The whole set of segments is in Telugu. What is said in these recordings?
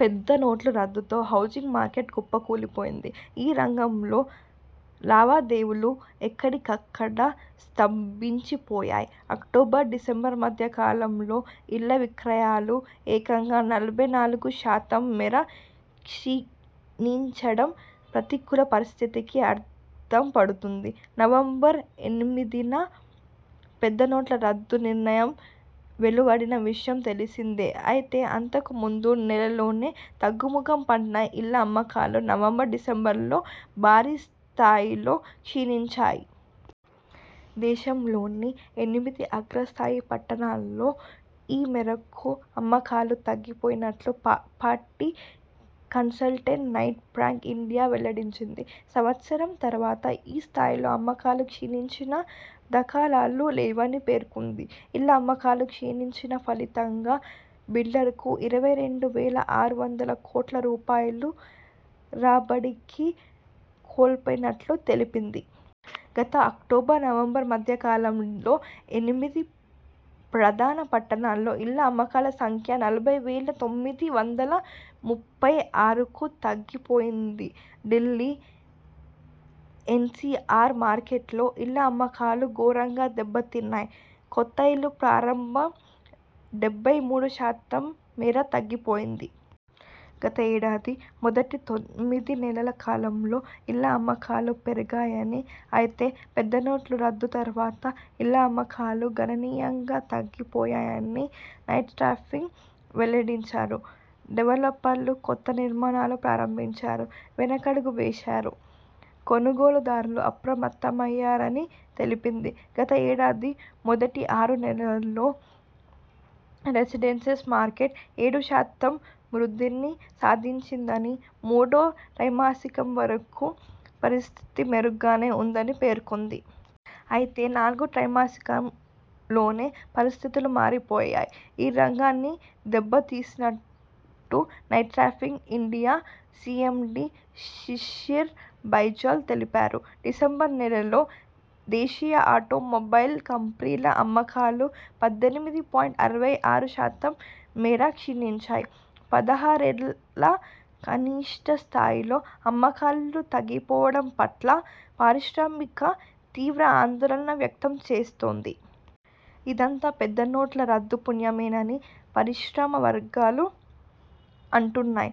పెద్ద నోట్ల రద్దుతో హౌజింగ్ మార్కెట్ కుప్ప కూలిపోయింది. ఈ రంగంలో లావా దేవీలు ఎక్కడి కక్కడ స్తంభించిపోయాయి. అక్టోబర్, డిసెంబర్ మధ్య కాలంలో ఇళ్ల విక్రయాలు ఏకంగా నలభై నాలుగు శాతం మేర క్షీ ణిం చడం ప్రతికూల పరిస్థితికి అద్దం పడుతోంది. నవంబర్ ఎనిమిదిన పెద్ద నోట్ల రద్దు నిర్ణయం వెలు వడిన విషయం తెలిసిందే అయితే అంతకు ముందు నెలలోనే తగ్గు ముఖం పట్టిన ఇళ్ల అమ్మకాలు నవంబర్, డిసెంబర్లో భారీ స్థాయిలో క్షీణించాయి. దేశంలోని ఎనిమిది అగ్రస్థాయి పట్టణాల్లో ఈ మేరకు అమ్మకాలు తగ్గి పోయినట్టు property consultant Knight Frank India వెల్లడించింది. సంవత్సరం తర్వాత ఈ స్థాయిలో అమ్మకాలు క్షీణించిన దాఖలాలు లేవని పేర్కొంది. ఇళ్ల అమ్మకాలు క్షీణించిన ఫలితంగా బిల్డర్లు ఇరవై రెండు వేల ఆరు వందల కోట్ల రూ పాయల రాబడిని కోల్పోయినట్టు తెలిపింది. గత అక్టోబర్ డిసెంబర్ మధ్య కాలంలో ఎనిమిది ప్రధాన పట్టణాల్లో ఇళ్ల అమ్మకాల సంఖ్య నలభై వేల తొమ్మిది వందల ముప్పై ఆరుకు తగ్గి పోయింది ఢిల్లీ, ఎన్సిఆర్ మార్కెట్లో ఇళ్ల అమ్మకాలు ఘోరంగా దెబ్బతిన్నాయి. కొత్త ఇళ్ల ప్రారంభ డెబ్బై మూడు శాతం మేర తగ్గిపోయింది. గత ఏడాది మొదటి తొమ్మిది నెలల కాలంలో ఇళ్ల అమ్మకాలు పెరిగాయని, అయితే పెద్ద నోట్ల రద్దు తర్వాత ఇళ్ల అమ్మకాలు గణనీయంగా తగ్గి పోయాయని నైట్ఫ్రాంక్ వెల్లడించింది. డెవలపర్లు కొత్త నిర్మాణాల ప్రారంభానికి వెనకడుగు వేశారని, కొనుగోలు దారులు అప్రమత్తమయ్యారని తెలిపింది. గత ఏడాది మొదటి ఆరు నెలల్లో రెసిడెన్షియల్ మార్కెట్ ఏడు శాతం వృద్ధిని సాధించిందని, మూడో త్రై మాసికం వరకు పరిస్థితి మెరుగ్గానే ఉందని పేర్కొంది. అయితే నాలుగో త్రై మాసికంలోనే పరిస్థితులు మారిపోయి ఈ రంగాన్ని దెబ్బ తీసినట్టు Knight Frank India CMD Shishir Baijal తెలిపారు. డిసెంబర్ నెలలో దేశీయ ఆటో మొబైల్ కంపెనీల అమ్మకాలు పద్దెనిమిది పాయింట్ అరవై ఆరు శాతం మేర క్షీణించాయి. పదహారేళ్ల కనిష్ఠ స్థాయిలో అమ్మకాలు తగ్గిపోవడం పట్ల పరిశ్రమ తీవ్ర ఆందోళన వ్యక్తం చేస్తోంది. ఇదంతా పెద్ద నోట్ల రద్దు పుణ్యమేనని పరిశ్రమ వర్గాలు అంటున్నాయి.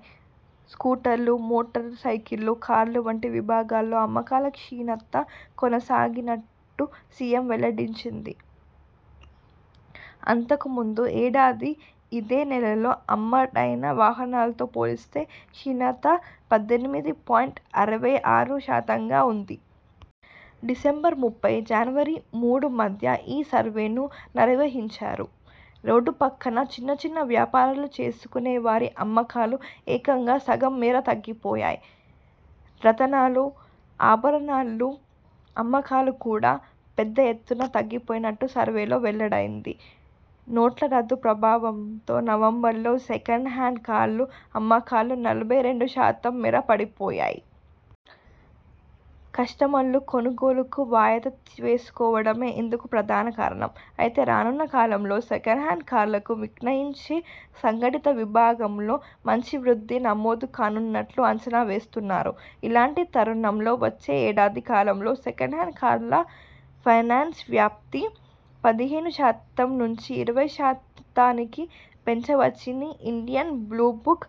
స్కూ టర్లు, మోటార్ సైకిళ్లు, కార్లు వంటి విభాగాల్లో అమ్మకాల క్షీణత కొనసాగినట్టు సియామ్ వెల్లడించింది. అంతకు ముందు ఏడాది ఇదే నెలలో అమ్ముడైన వాహనాలతో పోల్చితే క్షీణత పద్దెనిమిది పాయింట్ అరవై ఆరు శాతంగా ఉంది. డిసెంబర్ ముప్పై, జాన్వరి మూడు మధ్య ఈ సర్వేను నిర్వహించారు. రోడ్డు పక్కన చిన్న చిన్న వ్యాపారాలు చేసుకునే వారి అమ్మకాలు ఏకంగా సగం మేర తగ్గి పోయాయి. రతనాలు, ఆభరణాల అమ్మకాలు కూడా పెద్ద ఎత్తున తగ్గి పోయినట్టు సర్వేలో వెల్లడైంది. నోట్ల రద్దు ప్రభావంతో నవంబర్లో సెకండ్ హ్యాండ్ కార్ల అమ్మకాలు నలభై రెండు శాతం మేర పడి పోయాయి. కస్టమర్లు కొనుగోళ్లను వాయిదా వేసుకోవడమే ఇందుకు ప్రధాన కారణం. అయితే రానున్న కాలంలో సెకండ్ హ్యాండ్ కార్లను విక్రయించే సంఘటిత విభాగంలో మంచి వృద్ధి నమోదు కానున్నట్టు అంచనా వేస్తున్నారు. ఇలాంటి తరుణంలో వచ్చే ఏడాది కాలంలో సెకండ్ హ్యాండ్ కార్ల ఫైనాన్స్ వ్యాప్తి పదిహేను శాతం నుంచి ఇరవై ఐదు శాతానికి పెంచవచ్చని ఇండియన్ బ్లూ బుక్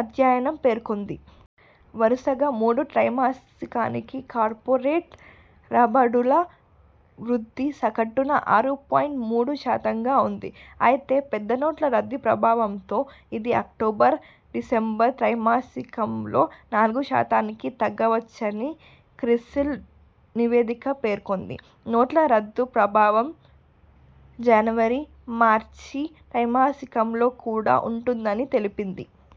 అధ్యయనం పేర్కొంది. వరుసగా మూడు త్రై మాసికానికి కార్పొరేట్ రాబడుల వృద్ధి సగటున ఆరు పాయింట్ మూడు శాతంగా ఉంది. అయితే పెద్ద నోట్ల రద్దు ప్రభావంతో ఇది అక్టోబర్, డిసెంబర్ త్రై మాసికంలో నాలుగు శాతానికి తగ్గవచ్చని క్రిసిల్ నివేదిక పేర్కొంది. నోట్ల రద్దు ప్రభావం జనవరి, మార్చి త్రైమాసికంలో కూడా ఉంటుందని తెలిపింది.